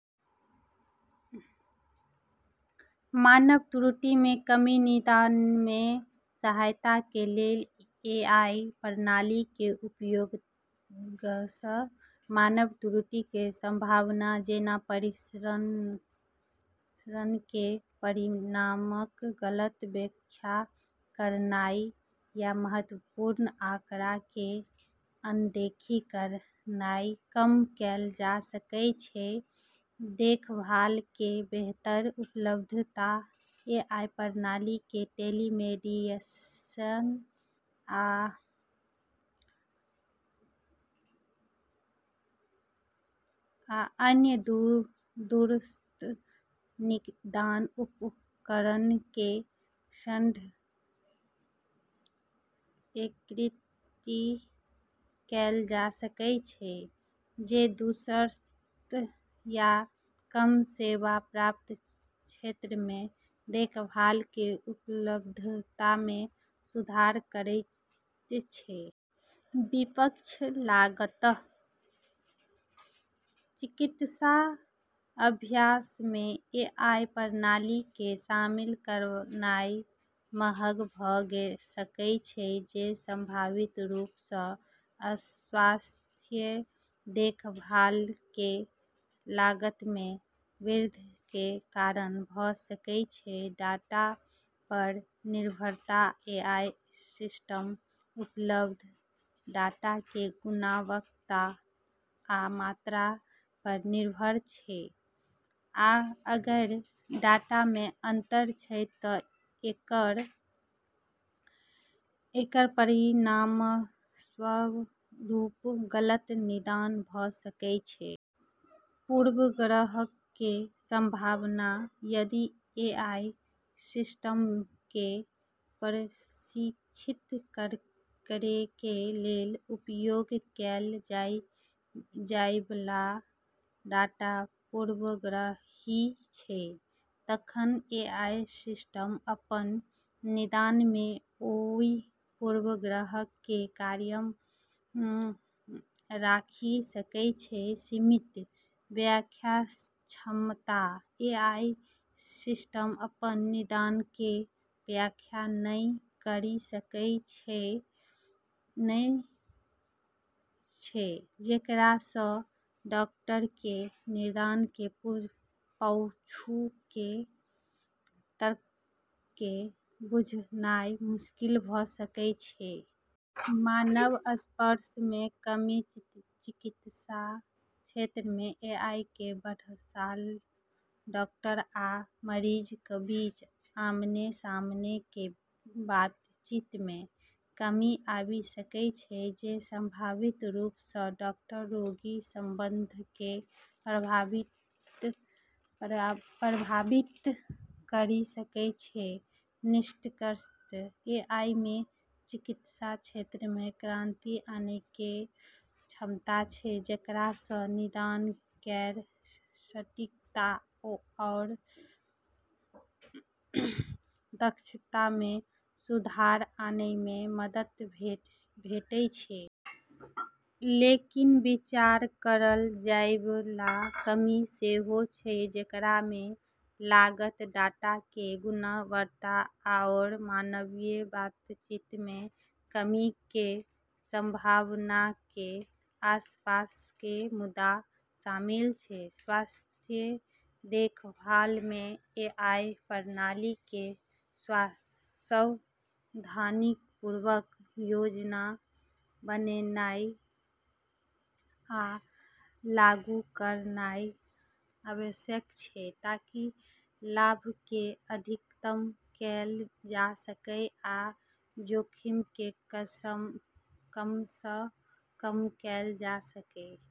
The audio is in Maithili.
मानव त्रुटिमे कमी: निदानमे सहायताके लेल एआई प्रणालीके उपयोगसँ मानव त्रुटिके संभावना, जेना परीक्षणके परिणामक गलत व्याख्या करनाइ या महत्वपूर्ण आँकड़ाके अनदेखी करनाइ, कम कैल जा सकै छै। देखभालके बेहतर उपलब्धता: एआई प्रणालीके टेलीमेडिसिन आ अन्य दूरस्थ निदान उपकरणके सङ्ग एकीकृत कैल जा सकै छै, जे दूरस्थ या कम सेवा प्राप्त क्षेत्रमे देखभालके उपलब्धतामे सुधार करैत छै। विपक्ष: लागत: चिकित्सा अभ्यासमे एआई प्रणालीके शामिल करनाइ महग भ' सकै छै, जे संभावित रूपसँ स्वास्थ्य देखभालके लागतमे वृद्धिके कारण भ' सकै छै। डाटा पर निर्भरता: एआई सिस्टम उपलब्ध डाटाके गुणवत्ता आ मात्रा पर निर्भर छै, आ अगर डाटामे अंतर छै त' एकर परिणामस्वरूप गलत निदान भ' सकै छै। पूर्वाग्रहके संभावना: यदि एआई सिस्टमके प्रशिक्षित करैके लेल उपयोग कैल जाइबला डाटा पूर्वाग्रही छै, तखन एआई सिस्टम अपन निदानमे ओइ पूर्वाग्रहके कायम राखि सकै छै। सीमित व्याख्या क्षमता: एआई सिस्टम अपन निदानके व्याख्या नहि करि सकै छै, जेकरासँ डॉक्टरके निदानके पाछूके तर्कके बुझनाइ मुश्किल भ' सकै छै। मानव स्पर्शमे कमी: चिकित्सा क्षेत्रमे एआईके बढ़लासँ डॉक्टर आ मरीजक बीच आमने-सामनेके बातचीत मे कमी आबि सकै छै, जे संभावित रूपसँ डॉक्टर-रोगी संबंधके प्रभावित करि सकै छै। निष्कर्षतः, एआईमे चिकित्सा क्षेत्रमे क्रांति आनैके क्षमता छै, जेकरासँ निदान केर सटीकता आओर दक्षतामे सुधार आनैमे मदद भेटै छै। लेकिन विचार करल जाइबला कमी सेहो छै, जेकरामे लागत, डाटाके गुणवत्ता, आओर मानवीय बातचीतमे कमीके संभावनाके आसपासके मुद्दा शामिल छै। स्वास्थ्य देखभालमे एआई प्रणालीके सावधानीपूर्वक योजना बनेनाइ आ लागू करनाइ आवश्यक छै, ताकि लाभके अधिकतम कैल जा सकै आ जोखिमके कमसँ कम कैल जा सकै।